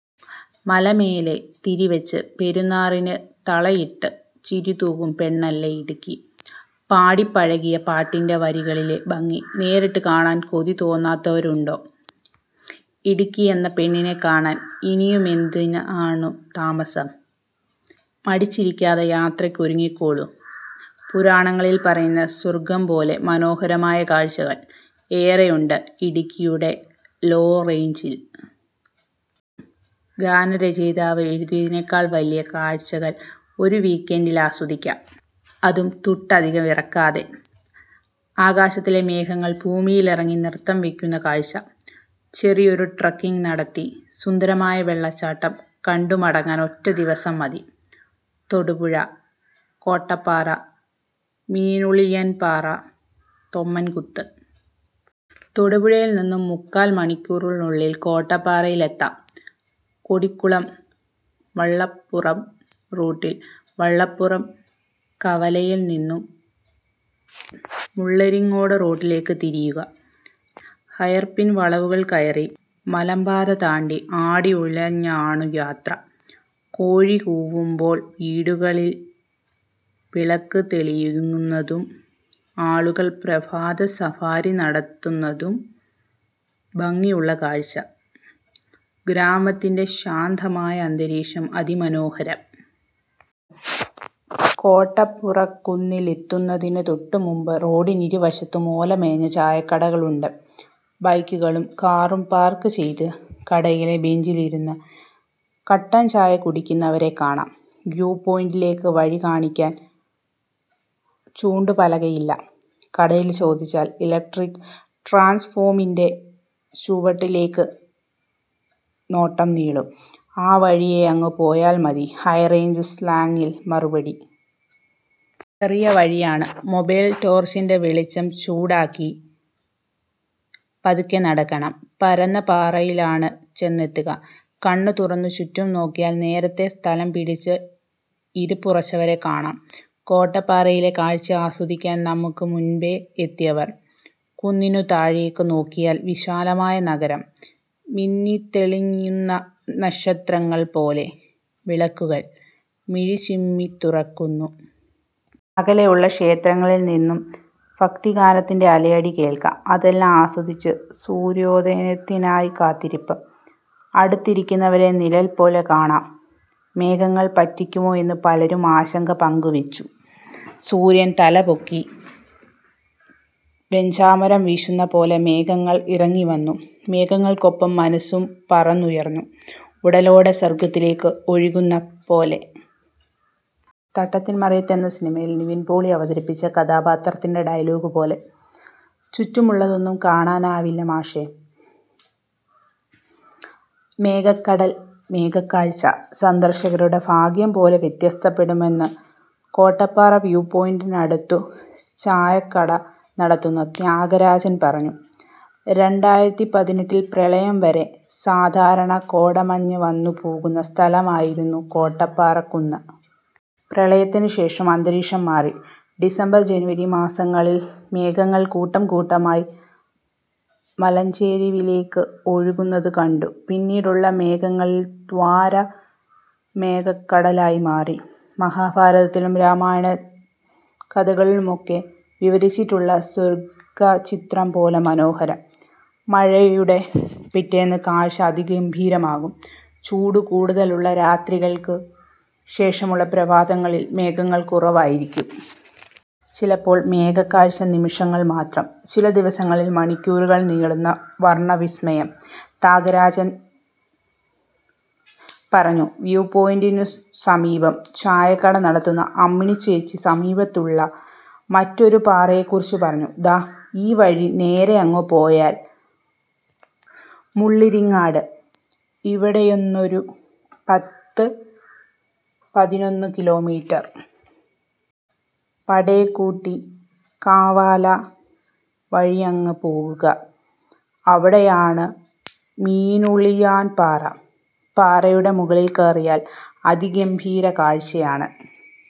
മലമേലെ തിരിവച്ച് പെരിയാറിന് തളയിട്ട് ചിരിതൂകും പെണ്ണല്ലേ ഇടുക്കി. പാടിപ്പഴകിയ പാട്ടിന്റെ വരികളിലെ ഭംഗി നേരിട്ടു കാണാൻ കൊതി തോന്നാത്തവരുണ്ടോ? ഇടുക്കി എന്ന പെണ്ണിനെ കാണാൻ ഇനിയുമെന്താണു താമസം? മടിച്ചിരിക്കാതെ യാത്രയ്ക്ക് ഒരുങ്ങിക്കോളൂ. പുരാണങ്ങളിൽ പറയുന്ന സ്വർഗം പോലെ മനോഹരമായ കാഴ്ചകൾ ഏറെയുണ്ട് ഇടുക്കിയുടെ ' ലോ റേഞ്ചില് '. ഗാനരചയിതാവ് എഴുതിയതിനേക്കാൾ വലിയ കാഴ്ചകൾ ഒരു വീക്ക് എൻഡിൽ ആദ്വസിക്കാം. അതും ' തുട്ട് ' അധികം ഇറക്കാതെ. ആകാശത്തെ മേഘങ്ങൾ ഭൂമിയിലിറങ്ങി നൃത്തം വയ്ക്കുന്ന കാഴ്ച. ചെറിയൊരു ട്രെക്കിങ് നടത്തി, സുന്ദരമായ വെള്ളച്ചാട്ടം കണ്ടു മടങ്ങാൻ ഒറ്റ ദിവസം മതി. തൊടുപുഴ കോട്ടപ്പാറ- മീനുളിയാൻപാറ തൊമ്മൻകുത്ത്. തൊടുപുഴയിൽ നിന്നു മുക്കാൽ മണിക്കൂറിനുള്ളിൽ കോട്ടപ്പാറയിലെത്താം. കോടിക്കുളം വണ്ണപ്പുറം റൂട്ടിൽ വണ്ണപ്പുറം കവലയിൽ നിന്നു മുള്ളിരിങ്ങാട് റോഡിലേക്ക് തിരിയുക. ഹെയർപിൻ വളവുകൾ കയറി, മലമ്പാത താണ്ടി ആടിയുലഞ്ഞാണു യാത്ര. കോഴി കൂവുമ്പോൾ വീടുകളിൽ വിളക്കു തെളിയുന്നതും ആളുകൾ പ്രഭാത സവാരി നടത്തുന്നതും ഭംഗിയുള്ള കാഴ്ച. ഗ്രാമത്തിന്റെ ശാന്തമായ അന്തരീക്ഷം അതിമനോഹരം. കോട്ടപ്പാറക്കുന്നിൽ എത്തുന്നതിനു തൊട്ടു മുൻപ് റോഡിനിരുവശത്തും ഓലമേഞ്ഞ ചായക്കടകളുണ്ട്. ബൈക്കുകളും കാറും പാർക്ക് ചെയ്ത് കടയിലെ ബെഞ്ചിലിരുന്നു കട്ടൻ ചായ കുടിക്കുന്നവരെ കാണാം. വ്യൂ പോയിന്റിലേക്കു വഴി കാണിക്കാൻ ചൂണ്ടു പലകയില്ല. കടയിൽ ചോദിച്ചാൽ ഇലക്ട്രിക് ട്രാൻസ്ഫോമറിന്റെ ചുവട്ടിലേക്കു നോട്ടം നീളും. ' ആ വഴിയേ അങ്ങു പോയാൽ മതി ' ഹൈറേഞ്ച് സ്ലാങ്ങിൽ മറുപടി. ചെറിയ വഴിയാണ്. മൊബൈൽ ടോർച്ചിന്റെ വെളിച്ചം ചൂട്ടാക്കി പതുക്കെ നടക്കണം. പരന്ന പാറയിലാണ് ചെന്നെത്തുക. കണ്ണു തുറന്നു ചുറ്റും നോക്കിയാൽ നേരത്തേ സ്ഥലം പിടിച്ച് ഇരിപ്പുറപ്പിച്ചവരെ കാണാം. കോട്ടപ്പാറയിലെ കാഴ്ച ആസ്വദിക്കാൻ നമുക്കു മുൻപേ എത്തിയവർ. കുന്നിനു താഴേക്കു നോക്കിയാൽ വിശാലമായ നഗരം. മിന്നിത്തെളിയുന്ന നക്ഷത്രങ്ങൾ പോലെ വിളക്കുകൾ മിഴിചിമ്മിത്തുറക്കുന്നു. അകലെയുള്ള ക്ഷേത്രങ്ങളിൽ നിന്നു ഭക്തിഗാനത്തിന്റെ അലയടി കേൾക്കാം. അതെല്ലാം ആസ്വദിച്ച് സൂര്യോദയത്തിനായി കാത്തിരിപ്പ്. അടുത്തിരിക്കുന്നവരെ നിഴല്പോലെ കാണാം. മേഘങ്ങൾ പറ്റിക്കുമോ എന്നു പലരും ആശങ്ക പങ്കുവച്ചു. സൂര്യൻ തലപൊക്കിയപ്പോൾ വെഞ്ചാമരം വീശുന്ന പോലെ മേഘങ്ങൾ ഇറങ്ങി വന്നു. മേഘങ്ങൾക്കൊപ്പം മനസ്സ് പറന്നുയർന്നു. ഉടലോടെ സ്വർഗ്ഗത്തിലേക്ക് ഒഴുകുന്ന പോലെ. ' തട്ടത്തിൻ മറയത്ത് ' എന്ന സിനിമയിൽ നിവിൻ പോളി അവതരിപ്പിച്ച കഥാപാത്രത്തിന്റെ ഡയലോഗ് പോലെ ' ചുറ്റുമുള്ളതൊന്നും കാണാനാവില്ല മാഷേ '. മേഘക്കടൽ മേഘക്കാഴ്ച സന്ദർശകരുടെ ഭാഗ്യം പോലെ വ്യത്യാസപ്പെടാമെന്നു കോട്ടപ്പാറ വ്യൂ പോയിന്റിനടത്തു ചായക്കട നടത്തുന്ന ത്യാഗരാജൻ പറഞ്ഞു. രണ്ടായിരത്തിപതിനെട്ടിൽ പ്രളയം വരെ സാധാരണ കോടമഞ്ഞ് വന്നു പോകുന്ന സ്ഥലമായിരുന്നു കോട്ടപ്പാറക്കുന്ന്. പ്രളയത്തിനു ശേഷം അന്തരീക്ഷം മാറി. ഡിസംബർ, ജനുവരി മാസങ്ങളിൽ മേഘങ്ങൾ കൂട്ടംകൂട്ടമായി മലഞ്ചെരിവിലേക്ക് ഒഴുകുന്നതു കണ്ടു. പിന്നീടുള്ള ദിവസങ്ങളിൽ താഴ്വര മേഘക്കടലായി മാറി. മഹാഭാരതത്തിലും രാമായണ കഥയിലുമൊക്കെ വിവരിച്ചിട്ടുള്ള സ്വർഗചിത്രം പോലെ മനോഹരം. മഴയുടെ പിറ്റേന്ന് കാഴ്ച അതിഗംഭീരമാകും. ചൂട് കൂടുതലുള്ള രാത്രികൾക്കു ശേഷമുള്ള പ്രഭാതങ്ങളിൽ മേഘങ്ങൾ കുറവായിരിക്കും. ചിലപ്പോൾ മേഘക്കാഴ്ച നിമിഷങ്ങൾ മാത്രം. ചില ദിവസങ്ങളിൽ മണിക്കൂറുകൾ നീളുന്ന വർണവിസ്മയം. ത്യാഗരാജൻ പറഞ്ഞു. വ്യൂപോയിന്റിനു സമീപം ചായക്കട നടത്തുന്ന അമ്മിണി ചേച്ചി സമീപത്തുള്ള മറ്റൊരു പാറയെക്കുറിച്ച് പറഞ്ഞു. '' ദേ, ഈ വഴി നേരെയങ്ങു പോയാൽ മുള്ളിരിങ്ങാട്. ഇവിടുന്നൊരു പത്തു പതിനൊന്ന് കിലോമീറ്റർ. പട്ടേക്കുടി കവല വഴിയങ്ങു പോവുക. അവിടെയാണു മീനുളിയാൻപാറ. പാറയുടെ മുകളിൽ കയറിയാൽ അതിഗംഭീര കാഴ്ചയാണ്.